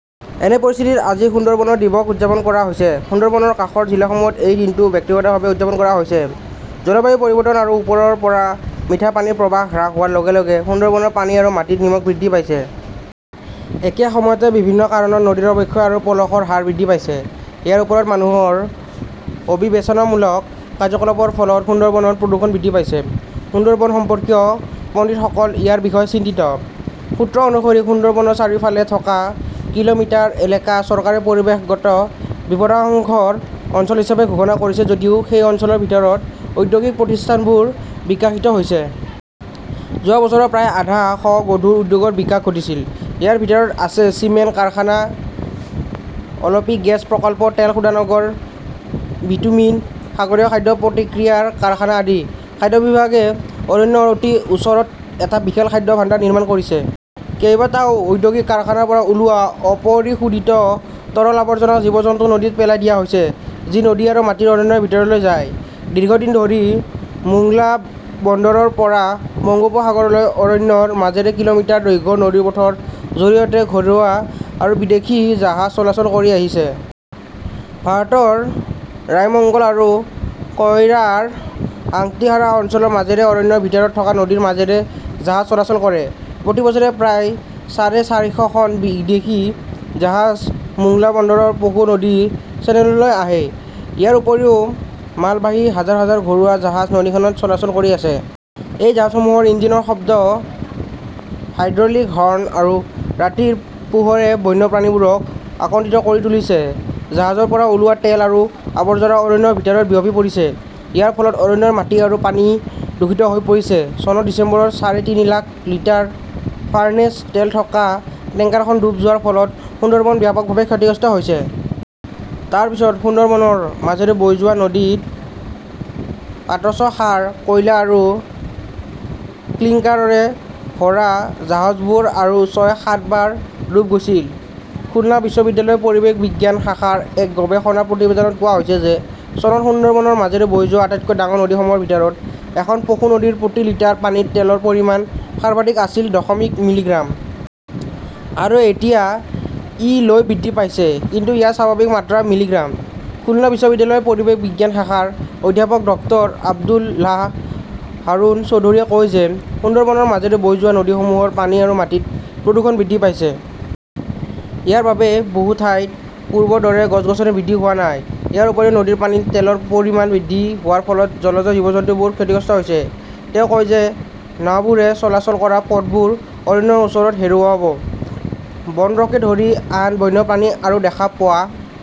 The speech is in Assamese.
এনে পৰিস্থিতিত আজি সুন্দৰবনৰ দিৱস উদযাপন কৰা হৈছে। সুন্দৰবনৰ কাষৰ জিলাসমূহত এই দিনটো ব্যক্তিগতভাৱে উদযাপন কৰা হৈছে। জলবায়ু পৰিৱৰ্তন আৰু ওপৰৰ পৰা মিঠা পানীৰ প্ৰৱাহ হ্ৰাস হোৱাৰ লগে লগে সুন্দৰবনৰ পানী আৰু মাটিত নিমখ বৃদ্ধি পাইছে। একে সময়তে, বিভিন্ন কাৰণত নদীৰ অৱক্ষয় আৰু পলসৰ হাৰ বৃদ্ধি পাইছে। ইয়াৰ ওপৰত মানুহৰ অবিবেচনামূলক কাৰ্যকলাপৰ ফলত সুন্দৰবনত প্ৰদূষণ বৃদ্ধি পাইছে। সুন্দৰবন সম্পৰ্কীয় পণ্ডিতসকল ইয়াৰ বিষয়ে চিন্তিত। সূত্ৰ অনুসৰি, সুন্দৰবনৰ চাৰিওফালে থকা কিলোমিটাৰ এলেকা চৰকাৰে পৰিৱেশগত বিপদাশংকাৰ অঞ্চল হিচাপে ঘোষণা কৰিছে যদিও সেই অঞ্চলৰ ভিতৰত ঔদ্যোগিক প্ৰতিষ্ঠানবোৰ বিকশিত হৈছে। যোৱা বছৰত প্ৰায় আধা শ গধুৰ উদ্যোগৰ বিকাশ ঘটিছিল। ইয়াৰ ভিতৰত আছে চিমেণ্ট কাৰখানা, অলপি গেছ প্ৰকল্প, তেল শোধনাগাৰ, বিটুমিন, সাগৰীয় খাদ্য প্ৰক্ৰিয়াকৰণ কাৰখানা আদি। খাদ্য বিভাগে অৰণ্যৰ অতি ওচৰত এটা বিশাল খাদ্য ভাণ্ডাৰ নিৰ্মাণ কৰিছে। কেইবাটাও ঔদ্যোগিক কাৰখানাৰ পৰা ওলোৱা অপৰিশোধিত তৰল আৱৰ্জনা জীৱ-জন্তুৰ নদীত পেলাই দিয়া হৈছে, যি নদী আৰু মাটিৰ অৰণ্যৰ ভিতৰলৈ যায়। দীৰ্ঘদিন ধৰি মোংলা বন্দৰৰ পৰা বংগোপসাগৰলৈ অৰণ্যৰ মাজেৰে কিলোমিটাৰ দৈৰ্ঘ্যৰ নদীপথৰ জৰিয়তে ঘৰুৱা আৰু বিদেশী জাহাজ চলাচল কৰি আহিছে। ভাৰতৰ ৰায়মঙ্গল আৰু কইৰাৰ আংটিহাৰা অঞ্চলৰ মাজেৰে অৰণ্যৰ ভিতৰত থকা নদীৰ মাজেৰে জাহাজ চলাচল কৰে। প্ৰতি বছৰে প্ৰায় চাৰে চাৰিশখন বিদেশী জাহাজ মোংলা বন্দৰৰ পশু নদী চেনেললৈ আহে। ইয়াৰ উপৰিও, মালবাহী হাজাৰ হাজাৰ ঘৰুৱা জাহাজ নদীখনত চলাচল কৰি আছে। এই জাহাজসমূহৰ ইঞ্জিনৰ শব্দ, হাইড্ৰলিক হৰ্ণ আৰু ৰাতিৰ পোহৰে বন্যপ্ৰাণীবোৰক আতংকিত কৰি তুলিছে। জাহাজৰ পৰা ওলোৱা তেল আৰু আৱৰ্জনা অৰণ্যৰ ভিতৰত বিয়পি পৰিছে। ইয়াৰ ফলত অৰণ্যৰ মাটি আৰু পানী দূষিত হৈ পৰিছে। চনৰ ডিচেম্বৰত চাৰে তিনি লাখ লিটাৰ ফাৰ্নেচ তেল থকা টেংকাৰখন ডুব যোৱাৰ ফলত সুন্দৰবন ব্যাপকভাৱে ক্ষতিগ্ৰস্ত হৈছিল। তাৰ পিছত সুন্দৰবনৰ মাজেৰে বৈ যোৱা নদীত পটাছ সাৰ, কয়লা আৰু ক্লিঙ্কাৰৰে ভৰা জাহাজবোৰ আৰু ছয়-সাতবাৰ ডুব গৈছিল। খুলনা বিশ্ববিদ্যালয়ৰ পৰিৱেশ বিজ্ঞান শাখাৰ এক গৱেষণা প্ৰতিবেদনত কোৱা হৈছে যে চনত সুন্দৰবনৰ মাজেৰে বৈ যোৱা আটাইতকৈ ডাঙৰ নদীসমূহৰ ভিতৰত এখন পশু নদীৰ প্ৰতি লিটাৰ পানীত তেলৰ পৰিমাণ সৰ্বাধিক আছিল দশমিক মিলিগ্ৰাম। আৰু এতিয়া ই লৈ বৃদ্ধি পাইছে। কিন্তু ইয়াৰ স্বাভাৱিক মাত্ৰা মিলিগ্ৰাম। খুলনা বিশ্ববিদ্যালয়ৰ পৰিৱেশ বিজ্ঞান শাখাৰ অধ্যাপক ডক্টৰ আব্দুল্লাহ হাৰুন চৌধুৰীয়ে কয় যে সুন্দৰবনৰ মাজেৰে বৈ যোৱা নদীসমূহৰ পানী আৰু মাটিত প্ৰদূষণ বৃদ্ধি পাইছে। ইয়াৰ বাবে বহু ঠাইত পূৰ্বৰ দৰে গছ-গছনি বৃদ্ধি হোৱা নাই। ইয়াৰ উপৰিও নদীৰ পানীত তেলৰ পৰিমাণ বৃদ্ধি হোৱাৰ ফলত জলজ জীৱ-জন্তুবোৰ ক্ষতিগ্ৰস্ত হৈছে। তেওঁ কয় যে নাওবোৰে চলাচল কৰা পথবোৰৰ অৰণ্যৰ ওচৰত হেৰুৱা, বানৰকে ধৰি আন বন্যপ্ৰাণী আৰু দেখা পোৱা